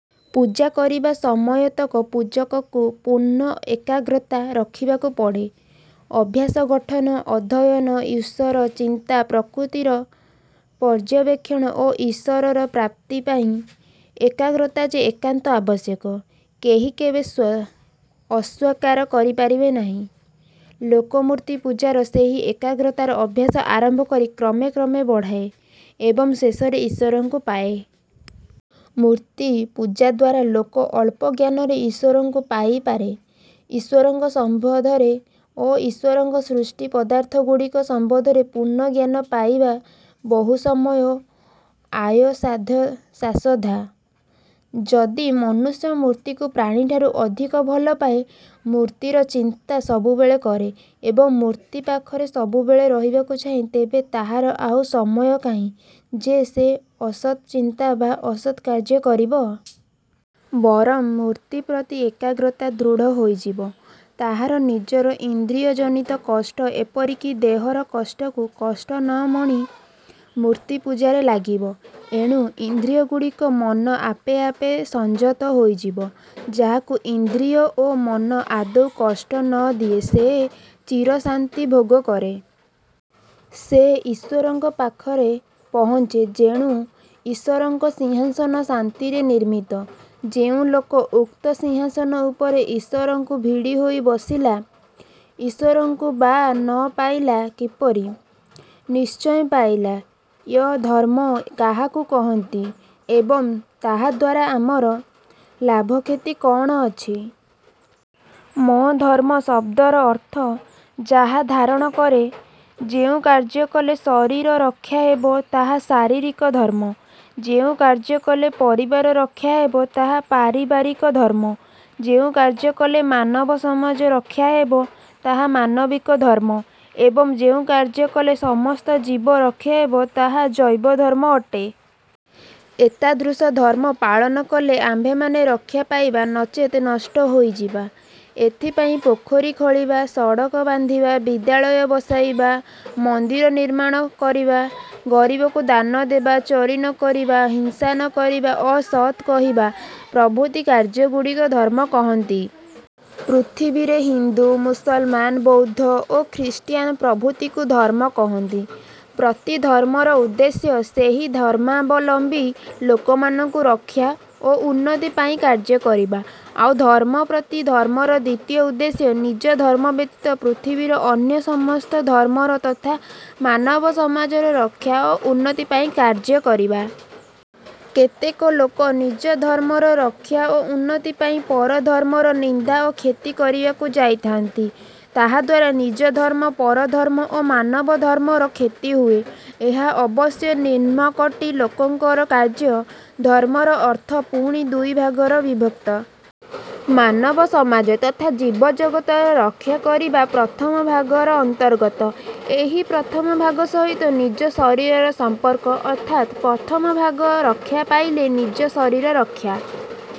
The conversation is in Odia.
ପୂଜା କରିବା ସମୟତକ ପୂଜକକୁ ପୂର୍ଣ୍ଣ ଏକାଗ୍ରତା ରଖିବାକୁ ପଡ଼େ। ଅଭ୍ୟାସ ଗଠନ, ଅଧ୍ୟୟନ, ଈଶ୍ଵର ଚିନ୍ତା, ପ୍ରକୃତିର ପର୍ଯ୍ୟବେକ୍ଷଣ ଓ ଈଶ୍ଵର ପ୍ରାପ୍ତି ପାଇଁ ଏକାଗ୍ରତା ଯେ ଏକାନ୍ତ ଆବଶ୍ୟକ; କେହି କେବେ ଅସ୍ଵୀକାର କରିପାରିବେ ନାହିଁ। ଲୋକ ମୂର୍ତ୍ତି ପୂଜାରେ ସେହି ଏକାଗ୍ରତାର ଅଭ୍ୟାସ ଆରମ୍ଭ କରି କ୍ରମେ କ୍ରମେ ବଢ଼ାଏ ଏବଂ ଶେଷରେ ଈଶ୍ଵରଙ୍କୁ ପାଏ। ମୂର୍ତ୍ତି ପୂଜାଦ୍ୱାରା ଲୋକ ଅଳ୍ପ ଜ୍ଞାନରେ ଈଶ୍ଵରଙ୍କୁ ପାଇ ପାରେ। ଈଶ୍ଵରଙ୍କ ସମ୍ବନ୍ଧରେ ଓ ଈଶ୍ଵରଙ୍କ ସୃଷ୍ଟି ପଦାର୍ଥଗୁଡ଼ିକ ସମ୍ବନ୍ଧରେ ପୂର୍ଣ୍ଣ ଜ୍ଞାନ ପାଇବା ବହୁ ସମୟ ଓ ଆୟାସସାଧ୍ୟ। ଯଦି ମନୁଷ୍ୟ ମୂର୍ତ୍ତିକୁ ପ୍ରାଣଠାରୁ ଅଧିକ ଭଲ ପାଏ, ମୂର୍ତ୍ତିର ଚିନ୍ତା ସବୁବେଳେ କରେ ଏବଂ ମୂର୍ତ୍ତି ପାଖରେ ସବୁବେଳେ ରହିବାକୁ ଚାହେଁ, ତେବେ ତାହାର ଆଉ ସମୟ କାହିଁ ଯେ, ସେ ଅସତ୍ ଚିନ୍ତା ବା ଅସତ୍ କାର୍ଯ୍ୟ କରିବ? ବରଂ ମୂର୍ତ୍ତି ପ୍ରତି ଏକାଗ୍ରତା ଦୃଢ଼ ହୋଇଯିବ। ତାହାର ନିଜର ଇନ୍ଦ୍ରିୟ ଜନିତ କଷ୍ଟ ଏପରିକି ଦେହର କଷ୍ଟକୁ କଷ୍ଟ ନ ମଣି ମୂର୍ତ୍ତି ପୂଜାରେ ଲାଗିବ। ଏଣୁ ଇନ୍ଦ୍ରିୟଗୁଡ଼ିକ ଓ ମନ ଆପେ ଆପେ ସଂଯତ ହୋଇଯିବେ। ଯାହାକୁ ଇନ୍ଦ୍ରିୟ ଓ ମନ ଆଦୌ କଷ୍ଟ ନ ଦିଏ ସେ ଚିରଶାନ୍ତି ଭୋଗ କରେ। ସେ ଈଶ୍ଵରଙ୍କ ପାଖରେ ପହଞ୍ଚେ ଯେଣୁ ଈଶ୍ଵରଙ୍କ ସିଂହାସନ ଶାନ୍ତିରେ ନିର୍ମିତ। ଯେଉଁ ଲୋକ ଉକ୍ତ ସିଂହାସନ ଉପରେ ଈଶ୍ଵରଙ୍କୁ ଭିଡ଼ି ହୋଇ ବସିଲା, ଈଶ୍ଵରଙ୍କୁ ବା ନ ପାଇଲା କିପରି? ନିଶ୍ଚୟ ପାଇଲା। ୟ-ଧର୍ମ କାହାକୁ କହନ୍ତି ଏବଂ ତାହାଦ୍ୱାରା ଆମର। ଲାଭକ୍ଷତି କଅଣ ଅଛି। ମ-ଧର୍ମ ଶବ୍ଦର ଅର୍ଥ, ଯାହା ଧାରଣ କରେ। ଯେଉଁ କାର୍ଯ୍ୟ କଲେ ଶରୀର ରକ୍ଷା ହେବ, ତାହା ଶାରୀରିକ ଧର୍ମ; ଯେଉଁ କାର୍ଯ୍ୟ କଲେ ପରିବାର ରକ୍ଷା ହେବ, ତାହା ପାରିବାରିକ ଧର୍ମ; ଯେଉଁ କାର୍ଯ୍ୟ କଲେ ମାନବ ସମାଜ ରକ୍ଷା ହେବ, ତାହା ମାନବିକ ଧର୍ମ ଏବଂ ଯେଉଁ କାର୍ଯ୍ୟ କଲେ ସମସ୍ତ ଜୀବ ରକ୍ଷା ହେବ, ତାହା ଜୈବ ଧର୍ମ ଅଟେ। ଏତାଦୃଶ ଧର୍ମ ପାଳନ କଲେ ଆମ୍ଭେମାନେ ରକ୍ଷା ପାଇବା, ନଚେତ୍ ନଷ୍ଟ ହୋଇଯିବା। ଏଥିପାଇଁ ପୋଖରୀ ଖୋଳିବା, ସଡ଼କ ବାନ୍ଧିବା, ବିଦ୍ୟାଳୟ ବସାଇବା, ମନ୍ଦିର ନିର୍ମାଣ କରିବା, ଗରିବକୁ ଦାନ ଦେବା, ଚୋରି ନ କରିବା, ହିଂସା ନ କରିବା ଓ ସତ୍ କହିବା ପ୍ରଭୃତି କାର୍ଯ୍ୟଗୁଡ଼ିକୁ ଧର୍ମ କହନ୍ତି। ପୃଥିବୀରେ ହିନ୍ଦୁ, ମୁସଲମାନ, ବୌଦ୍ଧ ଓ ଖ୍ରୀଷ୍ଟିୟାନ ପ୍ରଭୃତିକୁ ଧର୍ମ କହନ୍ତି। ପ୍ରତି ଧର୍ମର ଉଦ୍ଦେଶ୍ୟ, ସେହି ଧର୍ମାବଲମ୍ବୀ ଲୋକମାନଙ୍କୁ ରକ୍ଷା ଓ ଉନ୍ନତି ପାଇଁ କାର୍ଯ୍ୟ କରିବା। ଆଉ ମଧ୍ୟ ପ୍ରତି ଧର୍ମର ଦ୍ଵିତୀୟ ଉଦ୍ଦେଶ୍ୟ, ନିଜ ଧର୍ମ ବ୍ୟତୀତ ପୃଥିବୀର ଅନ୍ୟ ସମସ୍ତ ଧର୍ମର ତଥା ମାନବ ସମାଜର ରକ୍ଷା ଓ ଉନ୍ନତି ପାଇଁ କାର୍ଯ୍ୟ କରିବା। କେତେକ ଲୋକ ନିଜ ଧର୍ମର ରକ୍ଷା ଓ ଉନ୍ନତି ପାଇଁ ପର ଧର୍ମର ନିନ୍ଦା ଓ କ୍ଷତି କରିବାକୁ ଯାଇଥାନ୍ତି। ତାହାଦ୍ୱାରା ନିଜ-ଧର୍ମ, ପରଧର୍ମ ଓ ମାନବ-ଧର୍ମର କ୍ଷତି ହୁଏ। ଏହା ଅବଶ୍ୟ ନିମ୍ନକୋଟୀ ଲୋକଙ୍କର କାର୍ଯ୍ୟ। ଧର୍ମର ଅର୍ଥ ପୁଣି ଦୁଇ ଭାଗରେ ବିଭକ୍ତ। ମାନବ-ସମାଜ ତଥା ଜୀବ ଜଗତର ରକ୍ଷାକରିବା ପ୍ରଥମ ଭାଗର ଅନ୍ତର୍ଗତ। ଏହି ପ୍ରଥମ ଭାଗ ସହିତ ନିଜ ଶରୀରର ସମ୍ପର୍କ, ଅର୍ଥାତ୍ ପ୍ରଥମ ଭାଗ ରକ୍ଷା ପାଇଲେ ନିଜ ଶରୀର ରକ୍ଷା